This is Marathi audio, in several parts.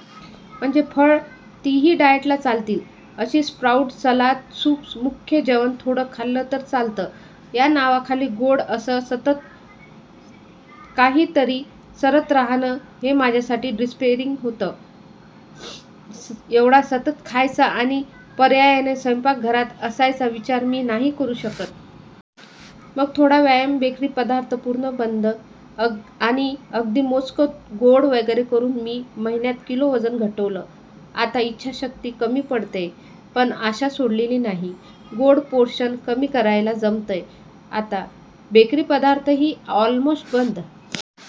म्हणजे फळं- तीही डाएटला चालतील अशीच, स्प्राऊट्स, सलाद, सूप्स, मुख्य जेवण, थोडं खाल्लं तर चालतं या नावाखाली गोड असं सत्तत्त काहीतरी चरत रहाणं हे माझ्यासाठी डिप्रेसिंग होतं. एवढा सतत खायचा आणि पर्यायाने स्वयंपाकघरात असायचा विचार मी नाही करू शकत. मग थोडा व्यायाम, बेकरी पदार्थ पूर्ण बंद, आणि अगदी मोजकं गोड वगैरे करून मी महिन्यांत किलो वजन घटवलं. आता इच्छाशक्ती कमी पडतेय, पण आशा सोडलेली नाही. गोड पोर्शन कमी करायला जमतंय आता. बेकरी पदार्थही ऑलमोस्ट बंद.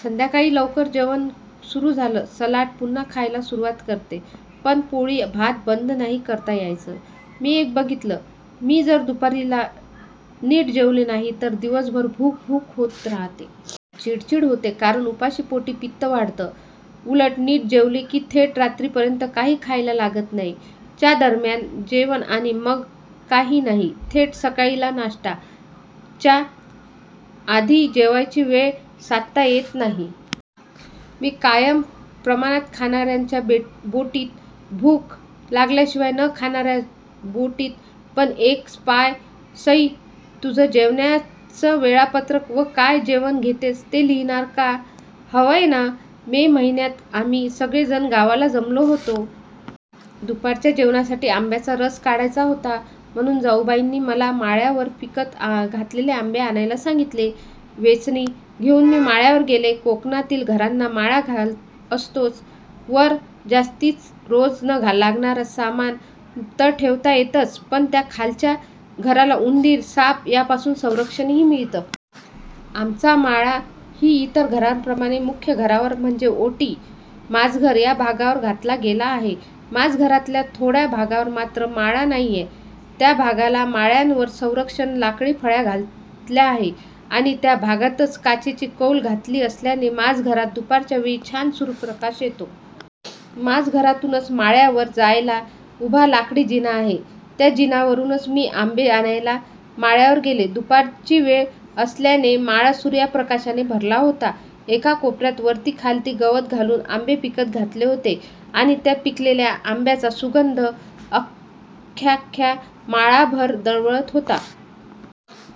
संध्याकाळी लवकर जेवण सुरू झालं. सलाड पुन्हा खायला सुरूवात करतेय, पण पोळी/ भात बंद नाही करता यायचं. मी एक बघितलं, मी जर दुपारी ला नीट जेवले नाही तर दिवसभर भूक भूक होत रहाते. चिडचिड होते कारण उपाशीपोटी पित्त वाढतं. उलट नीट जेवले की थेट रात्री पर्यंत काही खायला लागत नाही, च्या दर्म्यान जेवण आणि मग काही नाही. थेट सकाळी ला नाश्ता. च्या आधी जेवायची वेळ साधता येत नाही. मी कायम प्रमाणात खाणार्यांच्या बोटीत. भूक लागल्याशिवाय न खाणार्या बोटीत पण एक पाय. सई, तुझं जेवण्याचं वेळापत्रक व काय जेवण घेतेस ते लिहीणार का? >> हवंय ना? मे महिन्यात आम्ही सगळे जणं गावाला जमलो होतो. दुपारच्या जेवणासाठी आंब्याचा रस काढायचा होता, म्हणून जाउबाईंनी मला माळ्यावर पिकत घातलेले आंबे आणायला सांगितलं. वेचणी घेऊन मी माळ्यावर गेले. कोकणातील घरांना माळा असतोच. वर जास्तीच रोज न लागणार सामान तर ठेवता येतच पण त्या खालच्या घराला उंदीर, साप यापासून संरक्षण ही मिळतं. आमचा माळा ही इतर घरांप्रमाणे मुख्य घरावर म्हणजे ओटी, माजघर या भागावर घातला गेला आहे. माजघरातल्या थोडया भागावर मात्र माळा नाहीये. त्या भागाला माळ्यावर संरक्षक लाकडी फळ्या घातल्या आहेत. आणि त्या भागातच काचेची कौल घातली असल्याने माजघरात दुपारच्या वेळी छान सूर्यप्रकाश येतो. माजघरातूनच माळ्यावर जायला उभा लाकडी जिना आहे. त्या जिन्यावरूनच मी आंबे आणायला माळ्यावर गेले. दुपारची वेळ असल्याने माळा सुर्यप्रकाशाने भरला होता. एका कोपऱ्यात वरती खालती गवत घालून आंबे पिकत घातले होते आणि त्या पिकलेल्या आंब्यांचा सुगंध अख्यख्या माळाभर दरवळत होता.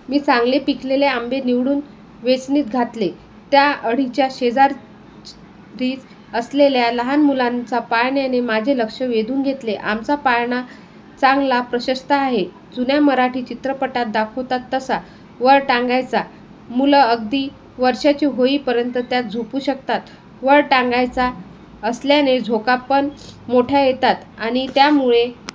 मी चांगले पिकलेले आंबे निवडून वेचणीत घातले. त्या अढीच्या शेजारीच असलेल्या लहान मुलांचा पाळण्याने माझे लक्ष वेधून घेतले. आमचा पाळणा चांगला प्रशस्त आहे. जुन्या मराठी चित्रपटात दाखवतात तसा. वर टांगायचा. मुलं अगदी वर्षाची होई पर्यंत त्यात झोपू शकतात. वर टांगायचा असल्याने झोका पण मोठया येतात आणि त्यामुळे